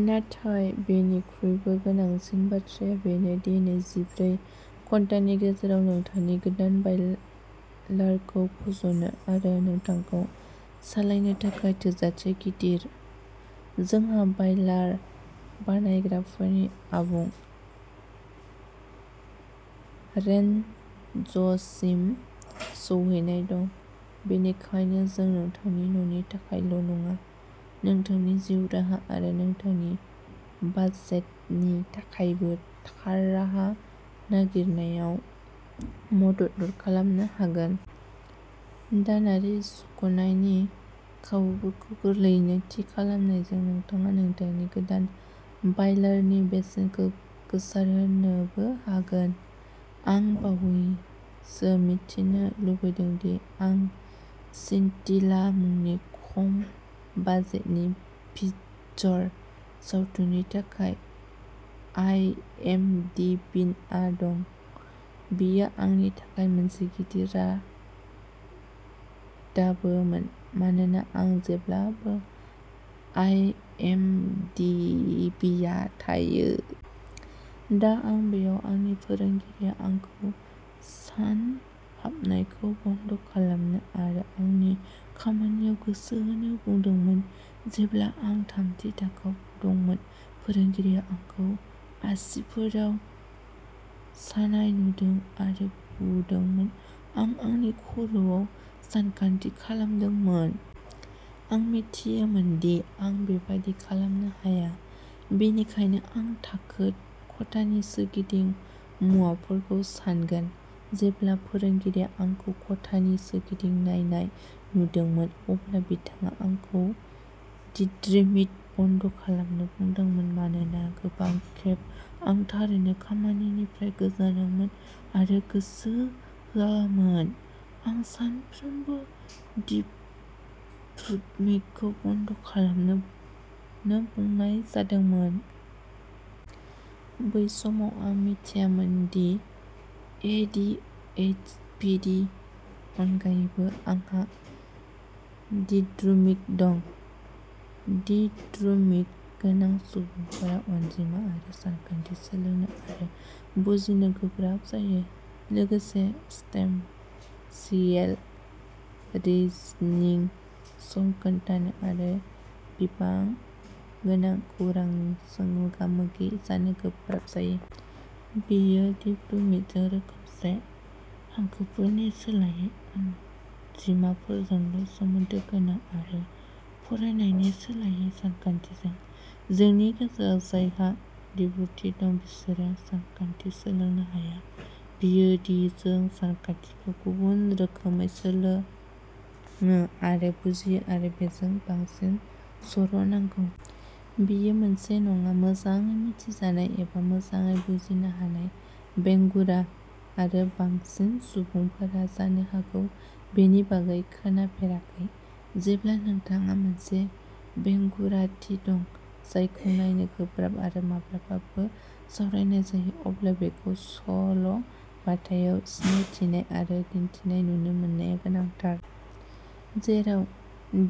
नाथाय बेनिख्रुइबो गोनांसिन बाथ्राया बेनो दि नैजिब्रै घन्टानि गेजेराव नोंथांनि गोदान बायलारखौ फज'नो आरो नोंथांखौ सालायनो थाखाय थोजासे गिदिर। जोंहा बायलार बानायग्राफोरनि आबुं रेन्जसिम सौहैनाय दं, बेनिखायनो जों नोंथांनि न'नि थाखायल' नङा, नोंथांनि जिउ राहा आरो नोंथांनि बाजेटनि थाखायबो थार राहा नागिरनायाव मदद खालामनो हागोन। दानारि सुख'नायनि खाबुफोरखौ गोरलैयै थि खालामनायजों नोंथाङा नोंथांनि गोदान बायलारनि बेसेनखौ गोसारहोनोबो हागोन। आं बावैसो मिथिनो लुबैदों दि आं सिनटिला मुंनि खम बाजेटनि फीचर सावथुननि थाखाय आइएमडिबिआ दं। बेयो आंनि थाखाय मोनसे गिदिर रादामोन, मानोना आं जेब्लाबो आइएमडिबिआव थायो। दा आं बेयाव। आंनि फोरोंगिरिआ आंखौ सानहाबनायखौ बन्द' खालामनो आरो आंनि खामानियाव गोसो होनो बुंदोंमोन। जेब्ला आं थामथि थाखोआव दंमोन, फोरोंगिरिया आंखौ आसिफोराव सानाय नुदोंमोन आरो बुंदोंमोन। आं आंनि खर'आव सानखान्थि खालामनांगौमोन। आं मिथियोमोन दि आं बेबादि खालामनो हाया, बेनिखायनो आं थाखो खथानि सोरगिदिं मुवाफोरखौ सानगोन। जेब्ला फोरोंगिरिआ आंखौ खथानि सोरगिदिं नायनाय नुदोंमोन, अब्ला बिथाङा आंखौ दिद्रिमिं बन्द' खालामनो बुंदोंमोन। मानोना गोबां खेब आं थारैनो खामानिनिफ्राय गोजानावमोन आरो गोसो होआमोन, आं सानफ्रोमबो दिद्रुमिंखौ बन्द' खालामनो बुंनाय जादोंमोन। बै समाव आं मिथियामोनदि, ए डि ओइस डि नि अनगायैबो, आंहा दिद्रुमिं दं। दिद्रुमिं गोनां सुबुंफोरा अनजिमा आरो सानखान्थि सोलोंनो आरो बुजिनो गोब्राब जायो, लोगोसे स्पेसियेल रिजनिं, सम खोन्थानो आरो बिबां गोनां खौरांजों मोगा-मोगि जानो गोब्राब जायो। बेयो दिद्रुमिंजों रोखोमसे, हांखोफोरनि सोलायै अनजिमाफोरजोंल' सोमोन्दो गोनां, आरो फरायनायनि सोलायै सानखान्थिजों। जोंनि गेजेराव जायहा दिद्रुमिं दं बिसोरो सानखान्थि सोलोंनो हाया; बेयो दि जों सानखान्थिखौ गुबुन रोखोमै सोलोङो आरो बुजियो आरो बेजों बांसिन सर' नांगौ। बेयो मोनसे नङा। मोजाङै मिथिजानाय एबा मोजाङै बुजिनो हानाय बेंगुरा, आरो बांसिन सुबुंफोरा जानो हागौ बेनि बागै खोनाफेराखै। जेब्ला नोंथांहा मोनसे बेंगुराथि दं जायखौ नायनो गोब्राब आरो माब्लाबासो सावरायनाय जायो, अब्ला बेखौ सल' बाथायाव सिनायथिनाय आरो दिन्थिनाय नुनो मोननाया गोनांथार। जेराव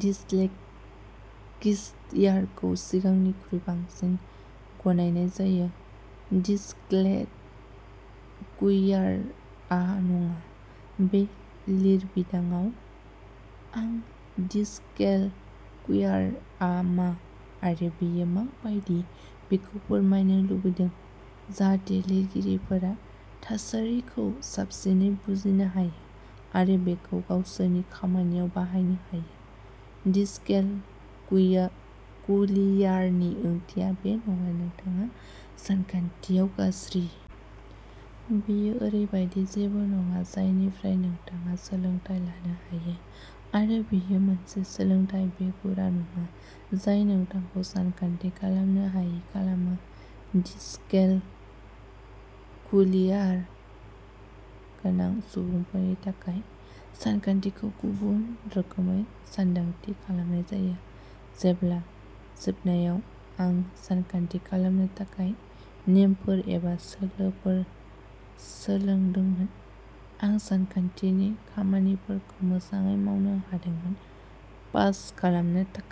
डिस्लेक्सियाखौ सिगांनिख्रुइ बांसिन गनायनाय जायो, डिसकेलकुलियाआ नङा। बे लिरबिदांआव, आं डिसकेलकुलियाआ मा आरो बेयो मा बायदि, बेखौ फोरमायनो लुबैदों, जाहाथे लिरगिरिफोरा थासारिखौ साबसिनै बुजिनो हायो आरो बेखौ गावसोरनि खामानियाव बाहायनो हायो। डिसकेलकुया कुलियानि ओंथिया बे नङा दि नोंथाङा सानखान्थियाव गाज्रि। बेयो ओरैबायदि जेबो नङा जायनिफ्राय नोंथाङा सोलोंथाय लानो हायो। आरो बेयो मोनसे सोलोंनाय बेंगुरा नङा जाय नोंथांखौ सानखान्थि खालामनो हायि खालामो। डिसकेलकुलिया गोनां सुबुंफोरनि थाखाय, सानखान्थिखौ गुबुन रोखोमै सानदांथि खालामनाय जायो। जेब्ला, जोबनायाव, आं सानखान्थि खालामनो थाखाय नेमफोर एबा सोलोफोर सोलोंदोंमोन, आं सानखान्थिनि खामानिफोरखौ मोजाङै मावनो हादोंमोन, पास खालामनो थाखाय।